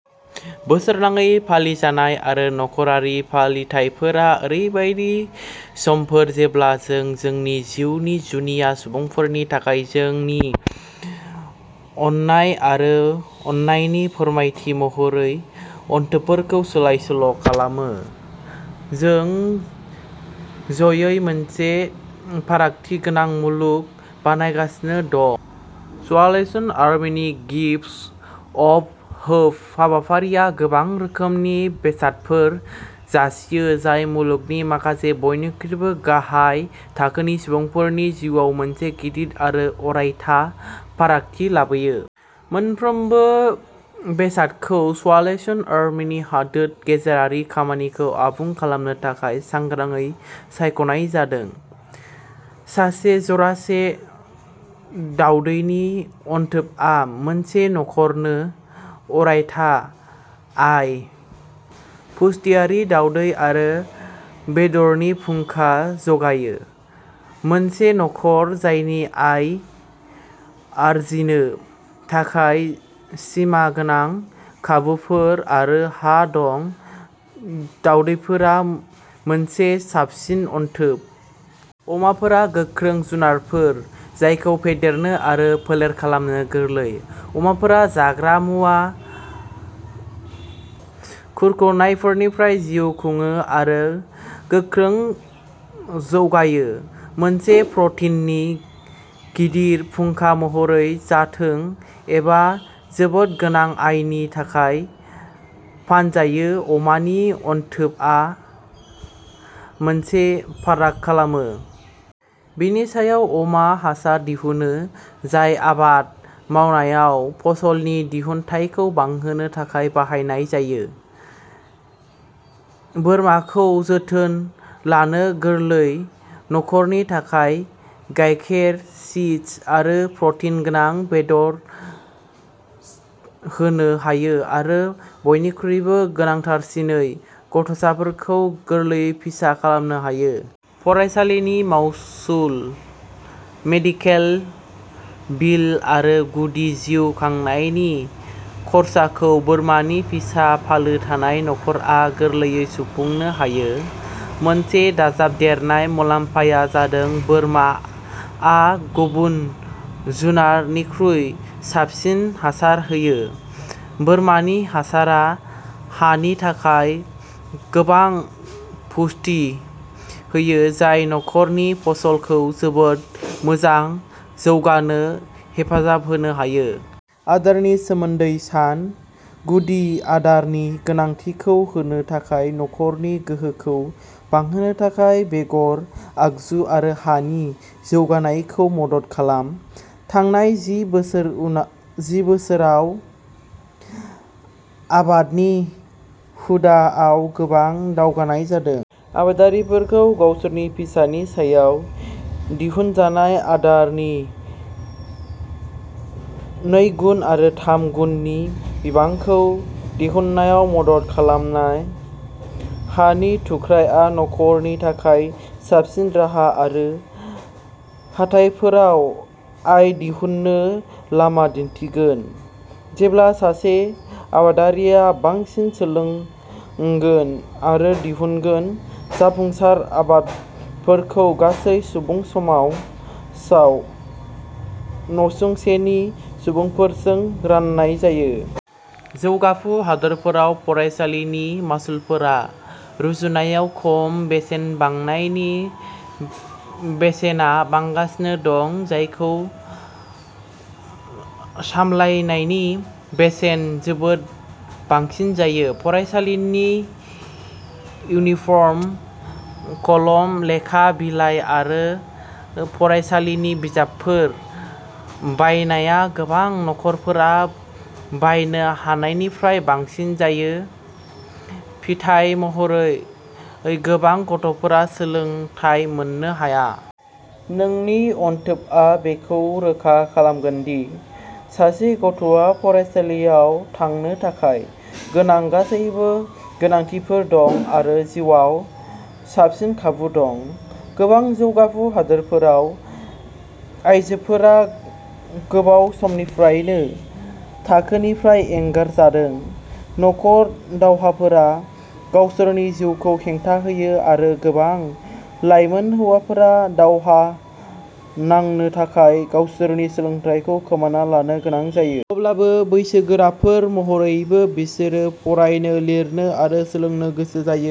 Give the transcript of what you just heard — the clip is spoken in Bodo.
बोसोरनाङै फालिजानाय आरो नखरारि फालिथायफोरा ओरैबायदि समफोर जेब्ला जों जोंनि जिउनि जुनिया सुबुंफोरनि थाखाय जोंनि अननाय आरो अननायनि फोरमायथि महरै अनथोबफोरखौ सोलाय-सोल' खालामो। जों जयै मोनसे फारागथि गोनां मुलुग बानायगासिनो दं। साल्वेसन आर्मीनि गिफ्ट्स अफ होप हाबाफारिया गोबां रोखोमनि बेसादफोर जासियो जाय मुलुगनि माखासे बयनिख्रुइबो गाहाय थाखोनि सुबुंफोरनि जिउआव मोनसे गिदिर आरो अरायथा फारागथि लाबोयो। मोनफ्रोमबो बेसादखौ साल्वेसन आर्मीनि हादोर गेजेरारि खामानिखौ आबुं खालामनो थाखाय सांग्राङै सायख'नाय जादों। मासे जरासे दावदैनि अनथोबआ मोनसे नखरनो अरायथा आय, पुष्टियारि दावदै आरो बेदरनि फुंखा जगायो। मोनसे नखर जायनि आय आर्जिनो थाखाय सिमा गोनां खाबुफोर आरो हा दं, दावदैफोरा मोनसे साबसिन अनथोब। अमाफोरा गोख्रों जुनारफोर जायखौ फेदेरनो आरो फोलेर खालामनो गोरलै। अमाफोरा जाग्रा मुवा खुरख'नायफोरनिफ्राय जिउ खुङो आरो गोख्रै जौगायो। मोनसे प्रटिननि गिदिर फुंखा महरै जाथों एबा जोबोद गोनां आयनि थाखाय फानजायो, अमा नि अनथोब आ मोनसे फाराग खालामो। बेनि सायाव अमा हासार दिहुनो, जाय आबाद मावनायाव फसल नि दिहुनथाइ खौ बांहोनो थाखाय बाहायनाय जायो। बोरमा खौ जोथोन लानो गोरलै, नखरनि थाखाय गायखेर, चीज आरो प्रटिन गोनां बेदर होनो हायो, आरो बयनिख्रुइबो गोनांथारसिनै गथ'साफोरखौ गोरलैयै फिसा खालामनो हायो। फरायसालि नि मासुल, मेडिकेल बिल आरो गुदि जिउ खांनायनि खर्साखौ बोरमा नि फिसा फालो थानाय नखर आ गोरलैयै सुफुंनो हायो। मोनसे दाजाबदेरनाय मुलाम्फाया जादों बोरमा आ गुबुन जुनार निख्रुइ साबसिन हासार होयो। बोरमा नि हासारा हानि थाखाय गोबां पुष्टि होयो, जाय नखर नि फसल खौ जोबोद मोजां जौगानो हेफाजाब होनो हायो। आदार नि सोमोन्दै सान। गुदि आदार नि गोनांथि खौ होनो थाखाय नखर नि गोहोखौ बांहोनो थाखाय बेगर, आगजु आरो हा नि जौगानाय खौ मदद खालाम। थांनाय जि बोसोर आव आबाद नि हुदा आव गोबां दावगानाय जादों। आबादारिफोरखौ गावसोरनि फिसा नि सायाव दिहुनजानाय आदार नि नैगुन एबा थाम गुन नि बिबां खौ दिहुन्नायाव मदद खालामनाय। हानि थुख्राआ नखरनि थाखाय साबसिन राहा आरो हाथाइफोराव आय दिहुन्नो लामा दिन्थिगोन। जेब्ला सासे आबादारिया बांसिन सोलोंगोन आरो दिहुनगोन जाफुंसार आदबफोरखौ गासै सुबुं समाजाव नसुंसेनि सुबुंफोरजों रानलायनाय जायो। जौगाफु हादोरफोराव फरायसालिनि मासुलफोरा रुजुनायाव खम, बेसेन बांनायनि बेसेना बांगासिनो दं, जायजों सामलायनायनि बेसेना जोबोद बांसिन जायो। फरायसालिनि इउनिफर्म, कलम, लेखा बिलाइ आरो फरायसालिनि बिजाबफोर बायनाया गोबां नखरफोरा बायनो हानायनिफ्राय बांसिन जायो। फिथाय महरै, गोबां गथ'फोरा सोलोंथाय मोननो हाया। नोंनि अनथोबआ बेखौ रोखा खालामगोन दि सासे गथ'आ फरायसालियाव थांनो थाखाय गोनां गासैबो गोनांथिफोर दं आरो जिउआव साबसिन खाबु दं। गोबां जौगाफु हादोरफोराव आयजोफोरा गोबाव समनिफ्रायनो थाखोनिफ्राय एंगारजादों। नखर दावहाफोरा गासैबोनि जिउखौ हेंथा होयो, आरो गोबां लाइमोन हौवाफोरा दावहा नांनो थाखाय गावसोरनि सोलोंथायखौ खोमाना लानो गोनां जायो। अब्लाबो, बैसोगोराफोर महरैबो बिसोर फरायनो, लिरनो आरो सोलोंनो गोसो जायो।